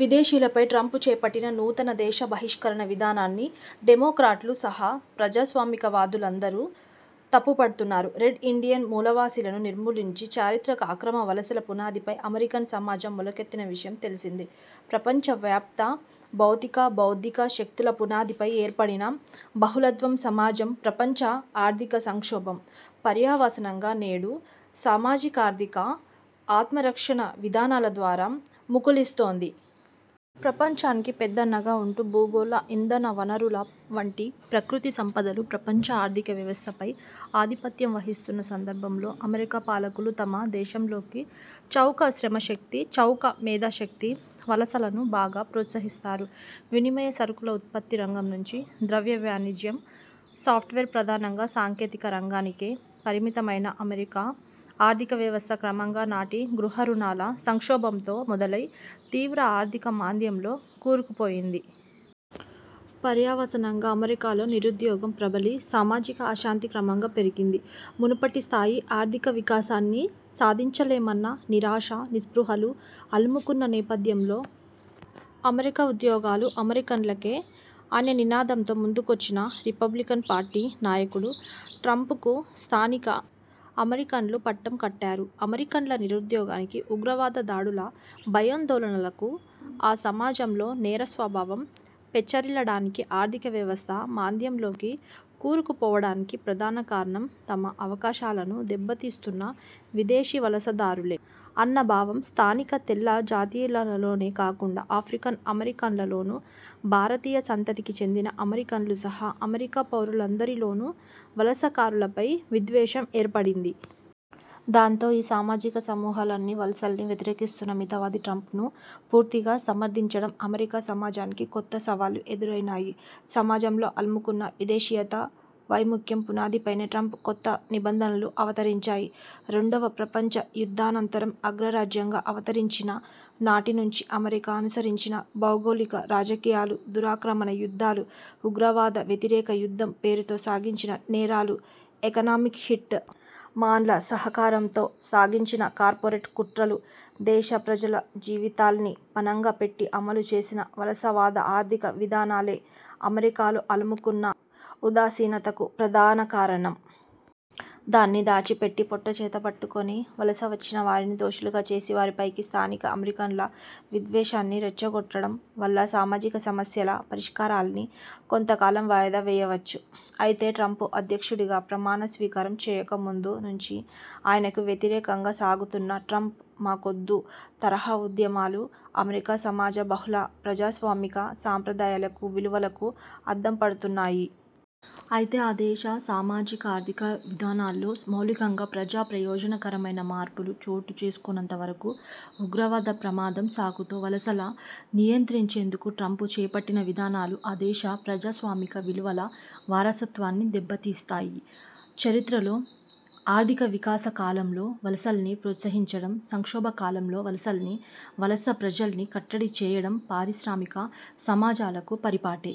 విదేశీయులపై Trump చేపట్టిన నూతన దేశ బహిష్కరణ విధానాన్ని డెమోక్రాట్లు సహా ప్రజాస్వామికవాదులందరూ తప్పుపడుతున్నారు. రెడ్ ఇండియన్ మూలవాసీలను నిర్మూలించి, చారిత్రక అక్రమ వలసల పునాదిపై అమెరికన్ సమాజం మొలకెత్తిన విషయం తెలిసిందే. ప్రపంచవ్యాప్త భౌతిక, బౌద్ధిక శక్తుల పునాదిపై ఏర్పడిన బహళత్వం సమాజం ప్రపంచ ఆర్థిక సంక్షోభం పర్యవసానంగా నేడు సామాజికార్థిక ఆత్మరక్షణ విధానాల ద్వారా ముకుళిస్తోంది. ప్రపంచానికి పెద్దన్నగా ఉంటూ భూగోళ ఇంధనవనరుల వంటి ప్రకృతి సంపదలు, ప్రపంచ ఆర్థిక వ్యవస్థపై ఆధిపత్యం వహిస్తున్న సందర్భంలో అమెరికా పాలకులు తమ దేశంలోకి చౌక శ్రమశక్తి, చౌక మేధాశక్తి వలసలను బాగా ప్రోత్సహించారు. వినిమయ సరుకుల ఉత్పత్తి రంగం నుంచి ద్రవ్య వాణిజ్యం, సాఫ్ట్వేర్ ప్రధానంగా సాంకేతిక రంగానికే పరిమితమైన ఆమెరికా ఆర్థిక వ్యవస్థ క్రమంగా నాటి గృహ రుణాల సంక్షోభంతో మొదలై తీవ్ర ఆర్థిక మాంద్యంలో కూరుకుపోయింది. పర్యవసానంగా అమెరికాలో నిరుద్యోగం ప్రబలి సామాజిక అశాంతి క్రమంగా పెరిగింది. మునుపటి స్థాయి ఆర్థిక వికాసాన్ని సాధించలేమన్న నిరాశా నిస్పృహలు అలుముకున్న నేపథ్యంలో అమెరికా ఉద్యోగాలు 'అమెరికన్లకే అనే నినాదంతో ముందుకొచ్చిన' రిపబ్లికన్ పార్టీ నాయకుడు ట్రంప్కు స్థానిక అమెరికన్లు పట్టం కట్టారు. అమెరికన్ల నిరుద్యోగానికి, ఉగ్రవాద దాడుల భయాందోళనలకు, ఆ సమాజంలో నేర స్వభావం పెచ్చరిల్లడానికి, ఆర్థిక వ్యవస్థ మాంద్యంలోకి కూరుకుపోవడానికి ప్రధాన కారణం తమ అవకాశాలను దెబ్బతీస్తున్న విదేశీ వలసదారులే అన్న భావం స్థానిక తెల్ల జాతీయులలోనే కాకుండా, ఆఫ్రికన్ అమెరికన్లలోనూ, భారతీయ సంతతికి చెందిన అమెరికన్లు సహా అమెరికా పౌరులందరిలోనూ వలసకారులపై విద్వేషం ఏర్పడింది. దాంతో ఈ సామాజిక సమూహాలన్నీ వలసల్ని వ్యతిరేకిస్తున్న మితవాది ట్రంప్ను పూర్తిగా సమర్థించడం అమెరికా సమాజానికి కొత్త సవాళ్ళు ఎదురైనాయి. సమాజంలో అలుముకున్న విదేశీయతా వైముఖ్యం పునాదిపైనే ట్రంప్ కొత్త నిబంధనలు అవతరించాయి. రెండవ ప్రపంచ యుద్ధానంతరం అగ్రరాజ్యంగా అవతరించిన నాటి నుంచి అమెరికా అనుసరించిన భౌగోళిక రాజకీయాలు, దురాక్రమణ యుద్ధాలు, ఉగ్రవాద వ్యతిరేక యుద్ధం పేరుతో సాగించిన నేరాలు, ఎకనామిక్ హిట్ మాన్ల సహకారంతో సాగించిన కార్పొరేట్ కుట్రలు, దేశ ప్రజల జీవితాల్ని పణంగా పెట్టి అమలు చేసిన వలసవాద ఆర్థిక విధానాలే అమెరికాలో అలుముకున్న ఉదాసీనతకు ప్రధాన కారణం. దాన్ని దాచిపెట్టి పొట్టచేతబట్టుకుని వలస వచ్చినవారిని దోషులుగా చేసి, వారిపైకి స్థానిక అమెరికన్ల విద్వేషాన్ని రెచ్చగొట్టడం వల్ల సామాజిక సమస్యల పరిష్కారాల్ని కొంతకాలం వాయిదా వేయొచ్చు. అయితే ట్రంప్ అధ్యక్షుడిగా ప్రమాణ స్వీకారం చేయక ముందు నుంచి ఆయనకు వ్యతిరేకంగా సాగుతున్న 'ట్రంప్ మా కొద్దు' తరహా ఉద్యమాలు అమెరికా సమాజ బహుళ ప్రజాస్వామిక సాంప్రదాయాలకు, విలువలకు అద్దం పడుతున్నాయి. అయితే ఆ దేశ సామాజికార్థిక విధానాల్లో మౌలికంగా ప్రజా ప్రయోజనకరమైన మార్పులు చోటు చేసుకోనంత వరకు ఉగ్రవాద ప్రమాదం సాకుతో వలసల నియంత్రించేందుకు ట్రంప్ చేపట్టిన విధానాలు ఆ దేశ ప్రజాస్వామిక విలువల వారసత్వాన్ని దెబ్బతీస్తాయి. చరిత్రలో ఆర్థిక వికాస కాలంలో వలసల్ని ప్రోత్సహించడం, సంక్షోభ కాలంలో వలసల్ని, వలస ప్రజల్ని కట్టడి చేయడం పారిశ్రామిక సమాజాలకు పరిపాటే.